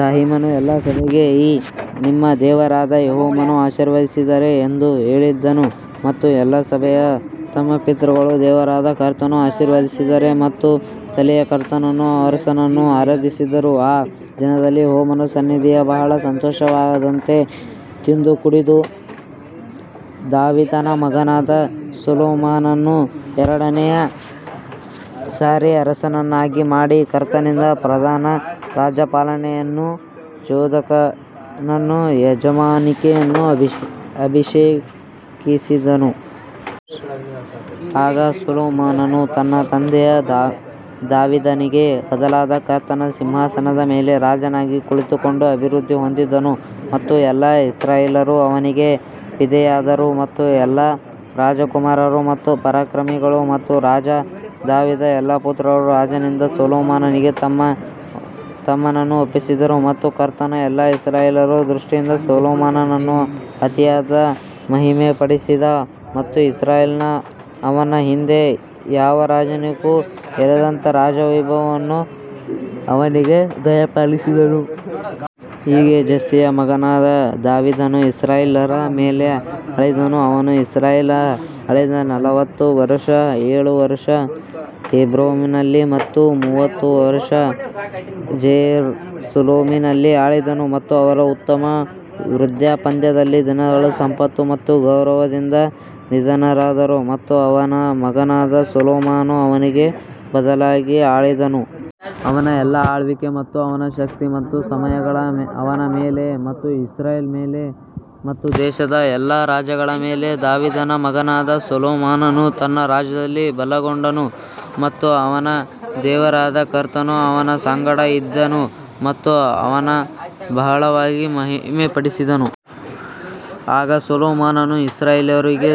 ದಾವೀದನು ಎಲ್ಲಾ ಸಭೆಗೆ ಈಗ ನಿಮ್ಮ ದೇವರಾದ ಯೆಹೋವನನ್ನು ಆಶೀರ್ವದಿಸಿರಿ ಎಂದು ಹೇಳಿದನು ಮತ್ತು ಎಲ್ಲಾ ಸಭೆಯು ತಮ್ಮ ಪಿತೃಗಳ ದೇವರಾದ ಕರ್ತನನ್ನು ಆಶೀರ್ವದಿಸಿದರು ಮತ್ತು ತಲೆಬಾಗಿ ಕರ್ತನನ್ನೂ ಅರಸನನ್ನೂ ಆರಾಧಿಸಿದರು. ಆ ದಿನದಲ್ಲಿ ಯೆಹೋವನ ಸನ್ನಿಧಿಯಲ್ಲಿ ಬಹಳ ಸಂತೋಷದಿಂದ ತಿಂದು ಕುಡಿದು ದಾವೀದನ ಮಗನಾದ ಸೊಲೊಮೋನನನ್ನು ಎರಡನೆಯ ಸಾರಿ ಅರಸನನ್ನಾಗಿ ಮಾಡಿ ಕರ್ತನಿಗೆ ಪ್ರಧಾನ ರಾಜ್ಯಪಾಲನಾಗಿಯೂ ಚಾದೋಕನನ್ನು ಯಾಜಕನಾಗಿಯೂ ಅಭಿಷೇಕಿಸಿದರು. ಆಗ ಸೊಲೊಮೋನನು ತನ್ನ ತಂದೆಯಾದ ದಾವೀದನಿಗೆ ಬದಲಾಗಿ ಕರ್ತನ ಸಿಂಹಾಸನದ ಮೇಲೆ ರಾಜನಾಗಿ ಕುಳಿತುಕೊಂಡು ಅಭಿವೃದ್ಧಿ ಹೊಂದಿದನು ಮತ್ತು ಎಲ್ಲಾ ಇಸ್ರಾಯೇಲ್ಯರು ಅವನಿಗೆ ವಿಧೇಯರಾದರು. ಮತ್ತು ಎಲ್ಲಾ ರಾಜಕುಮಾರರು ಮತ್ತು ಪರಾಕ್ರಮಿಗಳು ಮತ್ತು ರಾಜ ದಾವೀದನ ಎಲ್ಲಾ ಪುತ್ರರು ರಾಜನಾದ ಸೊಲೊಮೋನನಿಗೆ ತಮ್ಮನ್ನು ಒಪ್ಪಿಸಿದರು. ಮತ್ತು ಕರ್ತನು ಎಲ್ಲಾ ಇಸ್ರಾಯೇಲ್ಯರ ದೃಷ್ಟಿಯಲ್ಲಿ ಸೊಲೊಮೋನನನ್ನು ಅತಿಯಾಗಿ ಮಹಿಮೆಪಡಿಸಿದನು ಮತ್ತು ಇಸ್ರಾಯೇಲಿನಲ್ಲಿ ಅವನ ಹಿಂದೆ ಯಾವ ರಾಜನಿಗೂ ಇರದಂತಹ ರಾಜ ವೈಭವವನ್ನು ಅವನಿಗೆ ದಯಪಾಲಿಸಿದನು. ಹೀಗೆ ಜೆಸ್ಸೆಯ ಮಗನಾದ ದಾವೀದನು ಇಸ್ರಾಯೇಲ್ಯರೆಲ್ಲರ ಮೇಲೆ ಆಳಿದನು ಅವನು ಇಸ್ರಾಯೇಲನ್ನು ಆಳಿದ ನಲವತ್ತು ವರುಷ ಏಳು ವರುಷ ಹೆಬ್ರೋನಿನಲ್ಲಿ ಮತ್ತು ಮೂವತ್ತಮೂರು ವರುಷ ಜೆರುಸಲೇಮಿನಲ್ಲಿ ಆಳಿದನು. ಮತ್ತು ಅವರು ಉತ್ತಮ ವೃದ್ಧಾಪ್ಯದಲ್ಲಿ ದಿನಗಳು ಸಂಪತ್ತು ಮತ್ತು ಗೌರವದಿಂದ ನಿಧನರಾದರು ಮತ್ತು ಅವನ ಮಗನಾದ ಸೊಲೊಮೋನನು ಅವನ ಬದಲಾಗಿ ಆಳಿದನು. ಅವನ ಎಲ್ಲಾ ಆಳ್ವಿಕೆ ಮತ್ತು ಅವನ ಶಕ್ತಿ ಮತ್ತು ಸಮಯಗಳು ಅವನ ಮೇಲೆ ಮತ್ತು ಇಸ್ರೇಲ್ ಮೇಲೆ ಮತ್ತು ದೇಶಗಳ ಎಲ್ಲಾ ರಾಜ್ಯಗಳ ಮೇಲೆ ದಾವೀದನ ಮಗನಾದ ಸೊಲೊಮೋನನು ತನ್ನ ರಾಜ್ಯದಲ್ಲಿ ಬಲಗೊಂಡನು ಮತ್ತು ಅವನ ದೇವರಾದ ಕರ್ತನು ಅವನ ಸಂಗಡ ಇದ್ದನು ಮತ್ತು ಅವನನ್ನು ಬಹಳವಾಗಿ ಮಹಿಮೆಪಡಿಸಿದನು. ಆಗ ಸೊಲೊಮೋನನು ಇಸ್ರಾಯೇಲ್ಯರೆಲ್ಲರಿಗೂ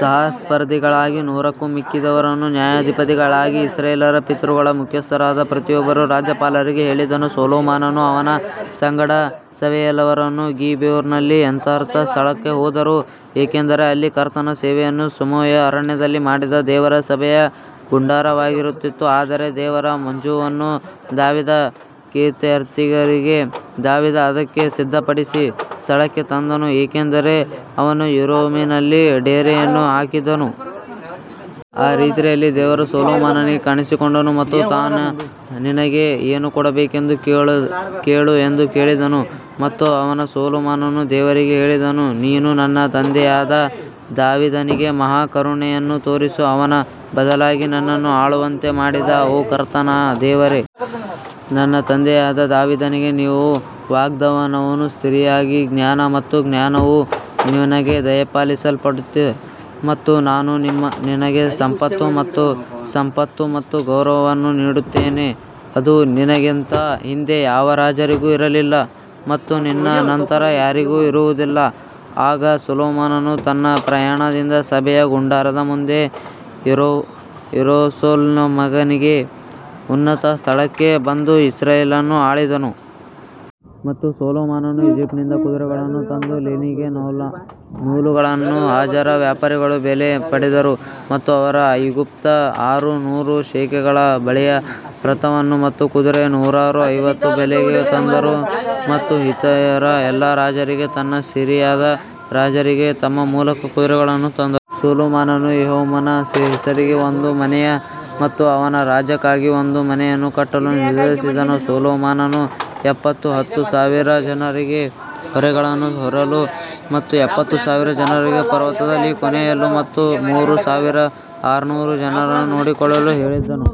ಸಹಸ್ರಾಧಿಪತಿಗಳಿಗೂ ನೂರಕ್ಕೂ ಮಿಕ್ಕಿದವರಿಗೂ ನ್ಯಾಯಾಧಿಪತಿಗಳಿಗೂ ಇಸ್ರಾಯೇಲ್ಯರಲ್ಲಿ ಪಿತೃಗಳ ಮುಖ್ಯಸ್ಥರಾದ ಪ್ರತಿಯೊಬ್ಬ ರಾಜ್ಯಪಾಲರಿಗೂ ಹೇಳಿದನು. ಸೊಲೊಮೋನನೂ ಅವನ ಸಂಗಡ ಸಭೆಯವರೆಲ್ಲರೂ ಗಿಬ್ಯೋನಿನಲ್ಲಿರುವ ಎತ್ತರದ ಸ್ಥಳಕ್ಕೆ ಹೋದರು ಏಕೆಂದರೆ ಅಲ್ಲಿ ಕರ್ತನ ಸೇವಕನಾದ ಮೋಶೆಯು ಅರಣ್ಯದಲ್ಲಿ ಮಾಡಿದ ದೇವರ ಸಭೆಯ ಗುಡಾರವಿತ್ತು. ಆದರೆ ದೇವರ ಮಂಜೂಷವನ್ನು ದಾವೀದನು ಕಿರ್ಯತ್ಜೆಯಾರೀಮಿನಿಂದ ದಾವೀದನು ಅದಕ್ಕೆ ಸಿದ್ಧಪಡಿಸಿದ ಸ್ಥಳಕ್ಕೆ ತಂದನು, ಏಕೆಂದರೆ ಅವನು ಯೆರೂಸಲೇಮಿನಲ್ಲಿ ಡೇರೆಯನ್ನು ಹಾಕಿದನು. ಆ ರಾತ್ರಿಯಲ್ಲಿ ದೇವರು ಸೊಲೊಮೋನನಿಗೆ ಕಾಣಿಸಿಕೊಂಡನು ಮತ್ತು ನಾನು ನಿನಗೆ ಏನು ಕೊಡಬೇಕೆಂದು ಕೇಳು ಎಂದು ಹೇಳಿದನು ಮತ್ತು ಸೊಲೊಮೋನನು ದೇವರಿಗೆ ಹೇಳಿದನು, ನೀನು ನನ್ನ ತಂದೆಯಾದ ದಾವೀದನಿಗೆ ಮಹಾ ಕರುಣೆಯನ್ನು ತೋರಿಸಿ ಅವನ ಬದಲಾಗಿ ನನ್ನನ್ನು ಆಳುವಂತೆ ಮಾಡಿದಿ. ಈಗ ಓ ಕರ್ತನಾದ ದೇವರೇ ನನ್ನ ತಂದೆಯಾದ ದಾವೀದನಿಗೆ ನಿನ್ನ ವಾಗ್ದಾನವು ಸ್ಥಿರವಾಗಲಿ ಜ್ಞಾನ ಮತ್ತು ಜ್ಞಾನವು ನಿನಗೆ ದಯಪಾಲಿಸಲ್ಪಟ್ಟಿದೆ ಮತ್ತು ನಾನು ನಿನಗೆ ಸಂಪತ್ತು ಮತ್ತು ಸಂಪತ್ತು ಮತ್ತು ಗೌರವವನ್ನು ನೀಡುತ್ತೇನೆ, ಅದು ನಿನಗಿಂತ ಹಿಂದೆ ಯಾವ ರಾಜರಿಗೂ ಇರಲಿಲ್ಲ ಮತ್ತು ನಿನ್ನ ನಂತರ ಯಾರಿಗೂ ಇರುವುದಿಲ್ಲ ಆಗ ಸೊಲೊಮೋನನು ತನ್ನ ಪ್ರಯಾಣದಿಂದ ಸಭೆಯ ಗುಡಾರದ ಮುಂದೆ ಯೆರೂಸಲೇಮಿಗೆ ಗಿಬ್ಯೋನಿನಲ್ಲಿರುವ ಉನ್ನತ ಸ್ಥಳಕ್ಕೆ ಬಂದು ಇಸ್ರಾಯೇಲನ್ನು ಆಳಿದನು. ಮತ್ತು ಸೊಲೊಮೋನನು ಈಜಿಪ್ಟಿನಿಂದ ಕುದುರೆಗಳನ್ನು ತಂದನು ಮತ್ತು ಲಿನಿನ್ ನೂಲುಗಳನ್ನು ರಾಜರ ವ್ಯಾಪಾರಿಗಳು ಬೆಲೆಗೆ ಪಡೆದರು. ಮತ್ತು ಅವರು ಐಗುಪ್ತದಿಂದ ಆರು ನೂರು ಶೇಕೆಲ್ ಬೆಳ್ಳಿಯ ರಥವನ್ನು ಮತ್ತು ಕುದುರೆಯನ್ನು ನೂರ ಐವತ್ತು ಬೆಲೆಗೆ ತಂದರು ಮತ್ತು ಹಿತ್ತಿಯರ ಎಲ್ಲಾ ರಾಜರಿಗೆ ಮತ್ತು ಸಿರಿಯಾದ ರಾಜರಿಗೆ ತಮ್ಮ ಮೂಲಕ ಕುದುರೆಗಳನ್ನು ತಂದರು. ಸೊಲೊಮೋನನು ಯೆಹೋವನ ಹೆಸರಿಗೆ ಒಂದು ಮನೆಯನ್ನು ಮತ್ತು ಅವನ ರಾಜ್ಯಕ್ಕಾಗಿ ಒಂದು ಮನೆಯನ್ನು ಕಟ್ಟಲು ನಿರ್ಧರಿಸಿದನು ಸೊಲೊಮೋನನು ಎಪ್ಪತ್ತು ಹತ್ತು ಸಾವಿರ ಜನರಿಗೆ ಹೊರೆಗಳನ್ನು ಹೊರಲು ಮತ್ತು ಎಪ್ಪತ್ತು ಸಾವಿರ ಜನರನ್ನು ಪರ್ವತದಲ್ಲಿ ಕೊಯ್ಯಲು ಮತ್ತು ಮೂರು ಸಾವಿರದ ಆರುನೂರು ಜನರನ್ನು ನೋಡಿಕೊಳ್ಳಲು ಹೇಳಿದನು.